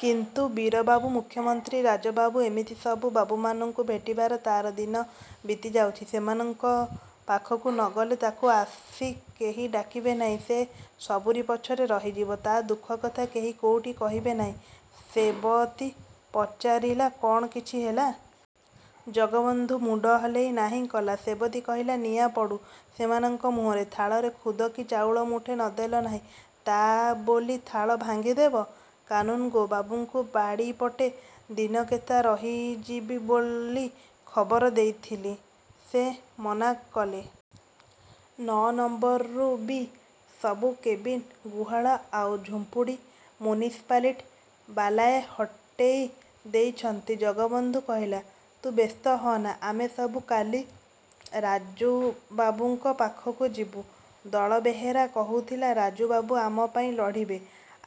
କିନ୍ତୁ ବୀରବାବୁ, ମୁଖ୍ୟମନ୍ତ୍ରୀ, ରାଜୁବାବୁ ଏମିତି ସବୁ ବାବୁମାନଙ୍କୁ ଭେଟିବାରେ ତାର ଦିନ ବିତିଯାଉଛି। ସେମାନଙ୍କ ପାଖକୁ ନଗଲେ ତାକୁ ଆସି କେହି ଡାକିବେ ନାହିଁ। ସେ ସବୁରି ପଛରେ ରହିଯିବ। ତା ଦୁଃଖକଥା କେହି କୋଉଠି କହିବେ ନାହିଁ। ସେବତୀ ପଚାରିଲା, "କଣ କିଛି ହେଲା?" ଜଗବନ୍ଧୁ ମୁଣ୍ଡ ହଲେଇ ନାହିଁ କଲା। ସେବତୀ କହିଲା, "ନିଆଁ ପଡୁ ସେମାନଙ୍କ ମୁହଁରେ। ଥାଳରେ ଖୁଦ କି ଚାଉଳ ମୁଠେ ନଦେଲେ ନାହିଁ, ତା ବୋଲି ଥାଳ ଭାଙ୍ଗିଦେବେ? କାନୁନ୍‌ଗୋ ବାବୁଙ୍କ ବାଡ଼ିପଟେ ଦିନାକେତେ ରହିଯିବି ବୋଲି ଖବର ଦେଇଥିଲି। ସେ ମନା କଲେ। ନଅ ନମ୍ବରରୁ ବି ସବୁ କେବିନ୍, ଗୁହାଳ ଆଉ ଝୁମ୍ପୁଡ଼ି ମ୍ୟୁନିସିପାଲିଟି ବାଲାଏ ହଟେଇ ଦେଇଛନ୍ତି।" ଜଗବନ୍ଧୁ କହିଲା, "ତୁ ବ୍ୟସ୍ତ ହଅନା। ଆମେ ସବୁ କାଲି ରାଜୁବାବୁଙ୍କ ପାଖକୁ ଯିବୁ। ଦଳବେହେରା କହୁଥିଲା ରାଜୁବାବୁ ଆମ ପାଇଁ ଲଢ଼ିବେ।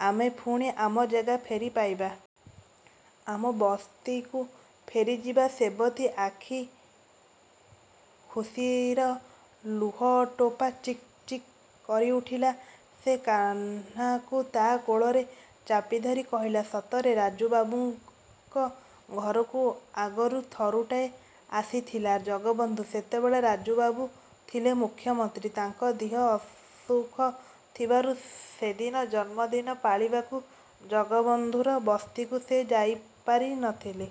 ଆମେ ପୁଣି ଆମ ଜାଗା ଫେରି ପାଇବା। ଆମ ବସ୍ତିକୁ ଫେରିଯିବା।" ସେବତୀ ଆଖିରେ ଖୁସିର ଲୁହଟୋପା ଚିକ୍ ଚିକ୍ କରିଉଠିଲା। ସେ କାହ୍ନୁକୁ ତା କୋଳରେ ଚାପିଧରି କହିଲା, "ସତରେ!" ରାଜୁବାବୁଙ୍କ ଘରକୁ ଆଗରୁ ଥରୁଟାଏ ଆସିଥିଲା ଜଗବନ୍ଧୁ। ସେତେବେଳେ ରାଜୁବାବୁ ଥିଲେ ମୁଖ୍ୟମନ୍ତ୍ରୀ। ତାଙ୍କ ଦିହ ଅସୁଖ ଥିବାରୁ ସେଦିନ ଜନ୍ମଦିନ ପାଳିବାକୁ ଜଗବନ୍ଧୁର ବସ୍ତିକୁ ସେ ଯାଇପାରି ନଥିଲେ।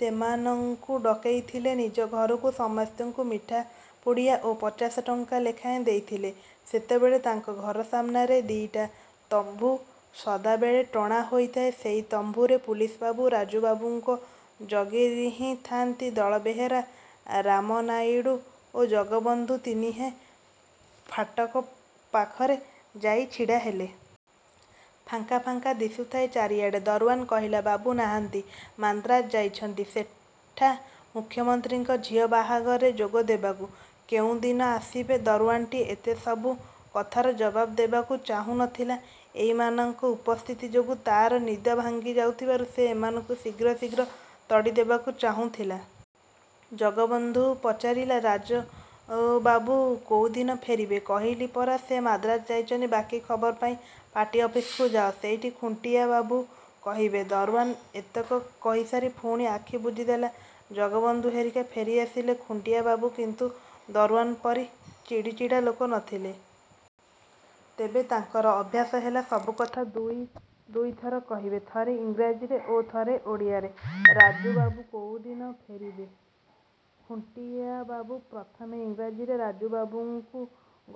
ସେମାନଙ୍କୁ ଡକେଇଥିଲେ ନିଜ ଘରକୁ। ସମସ୍ତଙ୍କୁ ମିଠା ପୁଡ଼ିଆ ଓ ପଚାଶ ଟଙ୍କା ଲେଖାଏଁ ଦେଇଥିଲେ। ସେତେବେଳେ ତାଙ୍କ ଘର ସାମ୍ନାରେ ଦିଇଟା ତମ୍ବୁ ସଦାବେଳେ ଟଣା ହୋଇଥାଏ। ସେଇ ତମ୍ବୁରେ ପୁଲିସବାବୁ ରାଜୁବାବୁଙ୍କୁ ଜଗିରହିଥାନ୍ତି। ଦଳବେହେରା, ରାମନାଇଡୁ ଓ ଜଗବନ୍ଧୁ ତିନିହେଁ ଫାଟକ ପାଖରେ ଯାଇ ଛିଡ଼ାହେଲେ। ଫାଙ୍କା ଫାଙ୍କା ଦିଶୁଥାଏ ଚାରିଆଡ଼। ଦରୱାନ କହିଲା, "ବାବୁ ନାହାନ୍ତି। ମାନ୍ଦ୍ରାଜ ଯାଇଛନ୍ତି, ସେଠା ମୁଖ୍ୟମନ୍ତ୍ରୀଙ୍କ ଝିଅ ବାହାଘରରେ ଯୋଗ ଦେବାକୁ।" "କୋଉଦିନ ଆସିବେ?" ଦରୱାନଟି ଏତେ ସବୁ କଥାର ଜବାବ ଦେବାକୁ ଚାହୁଁ ନଥିଲା। ଏଇମାନଙ୍କ ଉପସ୍ଥିତି ଯୋଗୁ ତାର ନିଦ ଭାଙ୍ଗିଯାଇଥିବାରୁ ସେ ଏମାନଙ୍କୁ ଶୀଘ୍ର ଶୀଘ୍ର ତଡ଼ିଦେବାକୁ ଚାହୁଁଥିଲା। ଜଗବନ୍ଧୁ ପଚାରିଲା, "ରାଜୁବାବୁ କୋଉଦିନ ଫେରିବେ?" "କହିଲି ପରା ସେ ମାନ୍ଦ୍ରାଜ ଯାଇଛନ୍ତି। ବାକି ଖବର ପାଇଁ ପାର୍ଟି ଅଫିସ୍‌କୁ ଯାଅ। ସେଇଠି ଖୁଣ୍ଟିଆବାବୁ କହିବେ।" ଦରୱାନ ଏତକ କହିସାରି ପୁଣି ଆଖି ବୁଜିଦେଲା। ଜଗବନ୍ଧୁହେରିକା ଫେରିଆସିଲେ। ଖୁଣ୍ଟିଆବାବୁ କିନ୍ତୁ ଦରୱାନ ପରି ଚିଡ଼ିଚିଡ଼ା ଲୋକ ନଥିଲେ। ତେବେ ତାଙ୍କର ଅଭ୍ୟାସ ହେଲା ସବୁକଥା ଦୁଇ ଦୁଇଥର କହିବେ। ଥରେ ଇଂରାଜୀରେ ଓ ଥରେ ଓଡ଼ିଆରେ। "ରାଜୁବାବୁ କୋଉଦିନ ଫେରିବେ?" ଖୁଣ୍ଟିଆବାବୁ ପ୍ରଥମେ ଇଂରାଜୀରେ ରାଜୁବାବୁଙ୍କ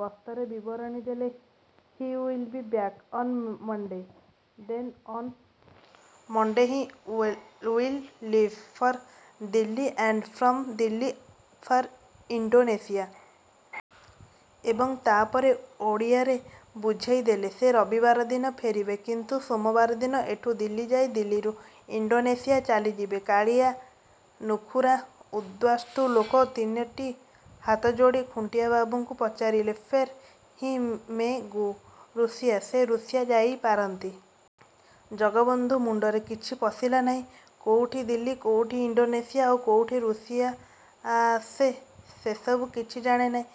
ଗସ୍ତର ବିବରଣୀ ଦେଲେ, "he will be back on Monday. Then on Monday he will leave for Delhi and from Delhi for Indonesia." ଏବଂ ତାପରେ ଓଡ଼ିଆରେ ବୁଝେଇଦେଲେ 'ସେ ରବିବାର ଦିନ ଫେରିବେ। କିନ୍ତୁ ସୋମବାର ଦିନ ଏଠୁ ଦିଲ୍ଲୀ ଯାଇ ଦିଲ୍ଲୀରୁ ଇଣ୍ଡୋନେସିଆ ଚାଲିଯିବେ।' କାଳିଆ, ନୁଖୁରା ଉଦ୍ବାସ୍ତୁ ଲୋକ ତିନିଟି ହାତଯୋଡ଼ି ଖୁଣ୍ଟିଆବାବୁଙ୍କୁ ପଚାରିଲେ, "ଫେର୍?" "He may go Russia. ସେ ରୁଷିଆ ଯାଇପାରନ୍ତି।" ଜଗବନ୍ଧୁ ମୁଣ୍ଡରେ କିଛି ପଶିଲା ନାହିଁ। କୋଉଠି ଦିଲ୍ଲୀ, କୋଉଠି ଇଣ୍ଡୋନେସିଆ, ଆଉ କୋଉଠି ରୁଷିଆସେ ଏସବୁ କିଛି ଜାଣେ ନାହିଁ।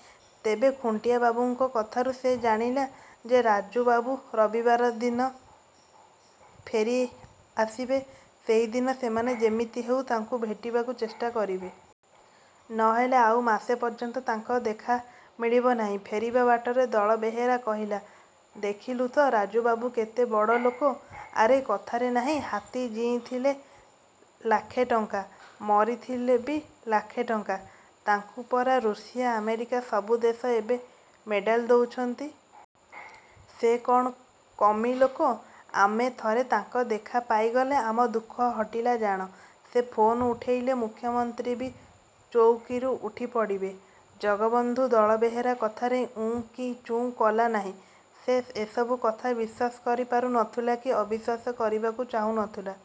ତେବେ ଖୁଣ୍ଟିଆବାବୁଙ୍କ କଥାରୁ ସେ ଜାଣିଲା ଯେ ରାଜୁବାବୁ ରବିବାର ଦିନ ଫେରି ଆସିବେ। ସେହିଦିନ ସେମାନେ ଯେମିତି ହେଉ ତାଙ୍କୁ ଭେଟିବାକୁ ଚେଷ୍ଟା କରିବେ। ନ ହେଲେ ଆଉ ମାସେ ପର୍ଯ୍ୟନ୍ତ ତାଙ୍କ ଦେଖା ମିଳିବ ନାହିଁ। ଫେରିବା ବାଟରେ ଦଳବେହେରା କହିଲା, "ଦେଖିଲୁ ତ, ରାଜୁବାବୁ କେତେ ବଡ଼ ଲୋକ। ଆରେ କଥାରେ ନାହିଁ, ହାତୀ ଜିଇଁଥିଲେ ଲାଖେ ଟଙ୍କା, ମରିଥିଲେ ବି ଲାଖେ ଟଙ୍କା। ତାଙ୍କୁ ପରା ରୁଷିଆ, ଆମେରିକା ସବୁ ଦେଶ ଏବେ ମେଡାଲ ଦଉଛନ୍ତି। ସେ କଣ କମି ଲୋକ? ଆମେ ଥରେ ତାଙ୍କ ଦେଖା ପାଇଗଲେ ଆମ ଦୁଃଖ ହଟିଲା ଜାଣ। ସେ ଫୋନ୍ ଉଠେଇଲେ ମୁଖ୍ୟମନ୍ତ୍ରୀ ବି ଚଉକୀରୁ ଉଠିପଡ଼ିବେ।" ଜଗବନ୍ଧୁ ଦଳବେହେରା କଥାରେ ଉଁ କି ଚୁଁ କଲା ନାହିଁ। ସେ ଏସବୁ କଥାକୁ ବିଶ୍ୱାସ କରିପାରୁ ନଥିଲା କି ଅବିଶ୍ୱାସ କରିବାକୁ ଚାହୁଁ ନ ଥିଲା।